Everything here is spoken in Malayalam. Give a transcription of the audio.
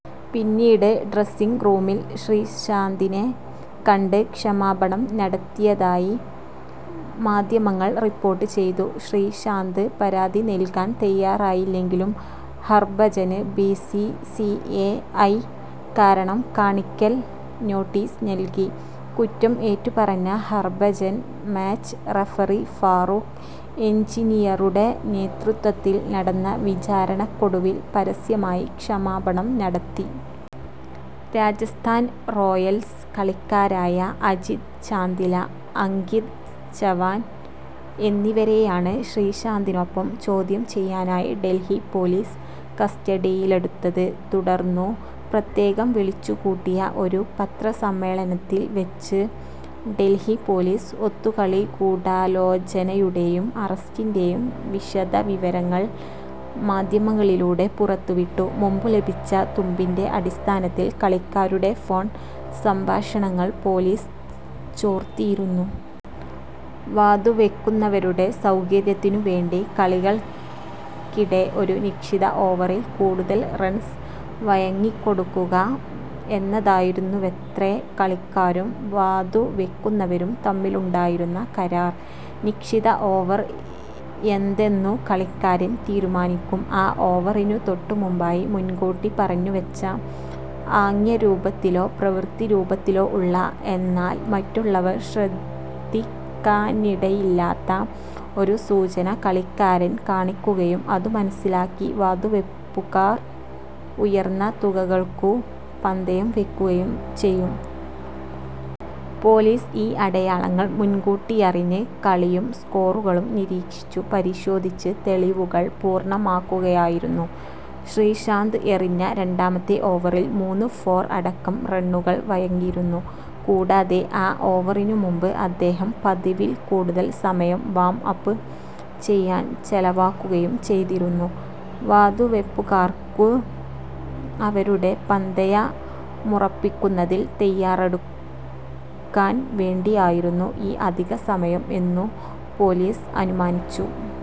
പിന്നീട് ഡ്രസിംഗ് റൂമിൽ ശ്രീശാന്തിനെ കണ്ട് ക്ഷമാപണം നടത്തിയതായി മാധ്യമങ്ങൾ റിപ്പോർട്ട് ചെയ്തു. ശ്രീശാന്ത് പരാതി നൽകാൻ തയ്യാറായില്ലെങ്കിലും ഹർഭജന് ബി. സി. സി. ഐ കാരണം കാണിക്കൽ നോട്ടീസ് നൽകി. കുറ്റം ഏറ്റുപറഞ്ഞ ഹർഭജൻ മാച്ച് റഫറി ഫാറൂഖ് എൻജിനിയറുടെ നേതൃത്വത്തിൽ നടന്ന വിചാരണക്കൊടുവിൽ പരസ്യമായി ക്ഷമാപണം നടത്തി. രാജസ്ഥാൻ റോയൽസ് കളിക്കാരായ അജിത് ചാന്ദില, അങ്കിത് ചവാൻ എന്നിവരെയാണ് ശ്രീശാന്തിനൊപ്പം ചോദ്യം ചെയ്യാനായി ഡൽഹി പൊലീസ് കസ്റ്റഡിയിലെടുത്തത്. തുടർന്നു്, പ്രത്യേകം വിളിച്ചുകൂട്ടിയ ഒരു പത്രസമ്മേളനത്തിൽ വെച്ച് ഡെൽഹി പോലീസ് ഒത്തുകളിഗൂഢാലോചനയുടേയും അറസ്റ്റിന്റേയും വിശദവിവരങ്ങൾ മാദ്ധ്യമങ്ങളിലൂടെ പുറത്തുവിട്ടു. മുമ്പു ലഭിച്ച തുമ്പിന്റെ അടിസ്ഥാനത്തിൽ കളിക്കാരുടെ ഫോൺ സംഭാഷണങ്ങൾ പോലീസ് ചോർത്തിയിരുന്നു. വാതുവെക്കുന്നവരുടെ സൗകര്യത്തിനു വേണ്ടി കളികൾക്കിടെ ഒരു നിശ്ചിത ഓവറിൽ കൂടുതൽ റൺസ് വഴങ്ങിക്കൊടുക്കുക എന്നതായിരുന്നുവത്രേ കളിക്കാരും വാതുവെക്കുന്നവരും തമ്മിലുണ്ടായിരുന്ന കരാർ. നിശ്ചിത ഓവർ ഏതെന്നു് കളിക്കാരൻ തീരുമാനിക്കും. ആ ഓവറിനു തൊട്ടുമുമ്പായി, മുൻകൂട്ടി പറഞ്ഞുവെച്ച, ആംഗ്യരൂപത്തിലോ പ്രവൃത്തിരൂപത്തിലോ ഉള്ള, എന്നാൽ മറ്റുള്ളവർ ശ്രദ്ധിക്കാനിടയില്ലാത്ത, ഒരു സൂചന കളിക്കാരൻ കാണിക്കുകയും അതു മനസ്സിലാക്കി വാതുവെപ്പുകാർ ഉയർന്ന തുകകൾക്കു പന്തയം വെക്കുകയും ചെയ്യും. പോലീസ് ഈ അടയാളങ്ങൾ മുൻകൂട്ടിയറിഞ്ഞ് കളിയും സ്കോറുകളും നിരീക്ഷിച്ചു പരിശോധിച്ച് തെളിവുകൾ പൂർണ്ണമാക്കുകയായിരുന്നു. ശ്രീശാന്ത് എറിഞ്ഞ രണ്ടാമത്തെ ഓവറിൽ മൂന്നു ഫോർ അടക്കം റണ്ണുകൾ വഴങ്ങിയിരുന്നു. കൂടാതെ, ആ ഓവറിനുമുമ്പ് അദ്ദേഹം പതിവിൽ കൂടുതൽ സമയം 'വാം അപ്' ചെയ്യാൻ ചെലവാക്കുകയും ചെയ്തിരുന്നു. വാതുവെപ്പുകാർക്കു് അവരുടെ പന്തയമുറപ്പിക്കുന്നതിൽ തയ്യാറെടുക്കാൻ വേണ്ടിയായിരുന്നു ഈ അധികസമയം എന്നു് പോലീസ് അനുമാനിച്ചു.